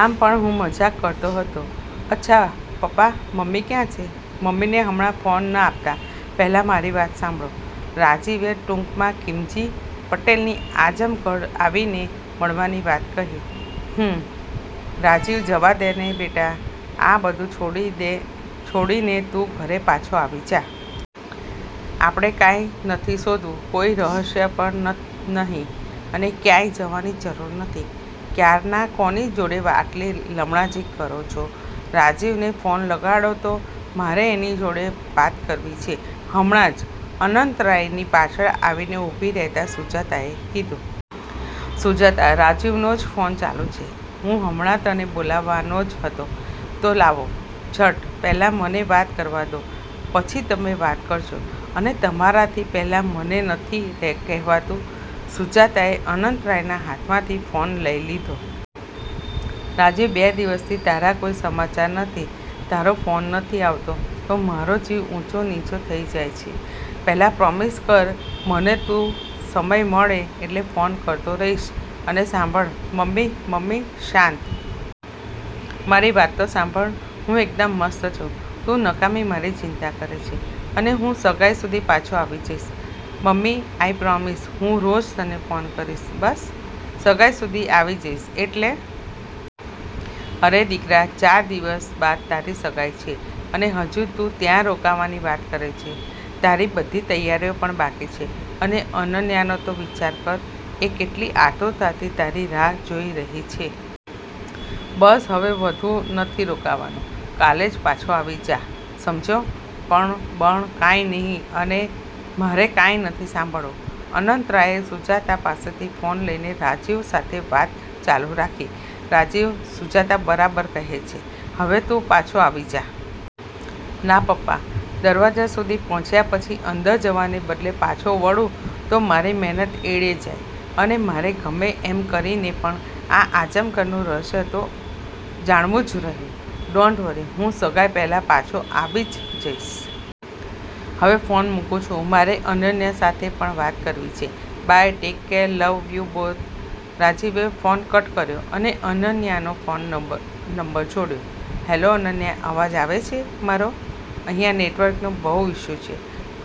આમ પણ હું મજાક કરતો હતો. "અચ્છા પપ્પા, મમ્મી ક્યાં છે? મમ્મીને હમણાં ફોન ન આપતા પહેલા મારી વાત સાંભળો." રાજીવે ટૂંકમાં ખીમજી પટેલની આઝમગઢ આવીને મળવાની વાત કહી. "હમ્મ રાજીવ, જવા દે બેટા, આ બધું છોડીને તું ઘરે પાછો આવી જા. આપણે કાંઈ નથી શોધવું, કોઈ રહસ્ય પણ નહીં અને ક્યાંય જવાની જરૂર નથી." "ક્યારના કોની જોડે આટલી લમણાઝીંક કરો છો? રાજીવને ફોન લગાડો તો મારે એની જોડે વાત કરવી છે. હમણાં જ," અનંતરાયની પાછળ આવીને ઊભી રહેતા સુજાતાએ કીધું. "સુજાતા, રાજીવનો જ ફોન ચાલુ છે, હું હમણાં તને બોલાવવાનો જ હતો." "તો લાવો ઝટ, પહેલાં મને વાત કરવા દો પછી તમે વાત કરજો અને તમારાથી પહેલા મને નથી કહેવાતું?" સુજાતાએ અનંતરાયના હાથમાંથી ફોન લઈ લીધો. "રાજીવ, બે દિવસથી તારા કોઈ સમાચાર નથી, તારો ફોન નથી આવતો તો મારો જીવ ઊંચો નીચો થઈ જાય છે. પહેલાં પ્રોમિસ કર મને તું સમય મળે એટલે ફોન કરતો રહીશ, અને સાંભળ." "મમ્મી, મમ્મી શાંત. મારી વાત તો સાંભળ. હું એકદમ મસ્ત છું, તું નકામી મારી ચિંતા કરે છે, અને હું સગાઈ સુધી પાછો આવી જઈશ. મમ્મી આઈ પ્રોમિસ, હું રોજ તને ફોન કરીશ, બસ." "સગાઈ સુધી આવી જઈશ એટલે? અરે દીકરા, ચાર દિવસ બાદ તારી સગાઈ છે અને હજી તું ત્યાં રોકાવાની વાત કરે છે. તારી બધી તૈયારીઓ પણ બાકી છે અને અનન્યાનો તો વિચાર કર, એ કેટલી આતુરતાથી તારી રાહ જોઈ રહી છે. બસ હવે વધુ નથી રોકાવાનું, કાલે જ પાછો આવી જા, સમજ્યો?" "પણ-બણ કાંઈ નહિ અને મારે કાંઈ નથી સાંભળવું," અનંતરાયે સુજાતા પાસેથી ફોન લઈને રાજીવ સાથે વાત ચાલુ રાખી. "રાજીવ, સુજાતા બરાબર કહે છે, હવે તું પાછો આવી જા." "ના પપ્પા, દરવાજા સુધી પહોંચ્યા પછી અંદર જવાને બદલે પાછો વળું તો મારી મહેનત એળે જાય, અને મારે ગમે એમ કરીને પણ આ આઝમગઢનું રહસ્ય તો જાણવું જ રહ્યું. ડોન્ટ વરી, હું સગાઈ પહેલા પાછો આવી જ જઈશ. હવે ફોન મૂકું છું, મારે અનન્યા સાથે પણ વાત કરવી છે. Bye, take care, love you both." રાજીવે ફોન કટ કર્યો અને અનન્યાનો નંબર જોડ્યો. "હેલ્લો, અનન્યા, અવાજ આવે છે મારો? અહીંયા નેટવર્કનો બહુ ઇસ્યુ છે,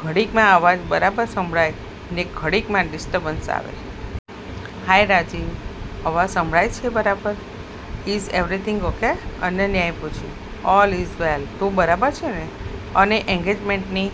ઘડીકમાં અવાજ બરાબર સંભળાય ને ઘડીકમાં ડિસ્ટર્બન્સ આવે." "હાય રાજીવ, અવાજ સંભળાય છે બરાબર. Is everything okay?" અનન્યાએ પૂછ્યું. "ઓલ ઇઝ વેલ, તું બરાબર છે ને? અને એંગેજમેન્ટની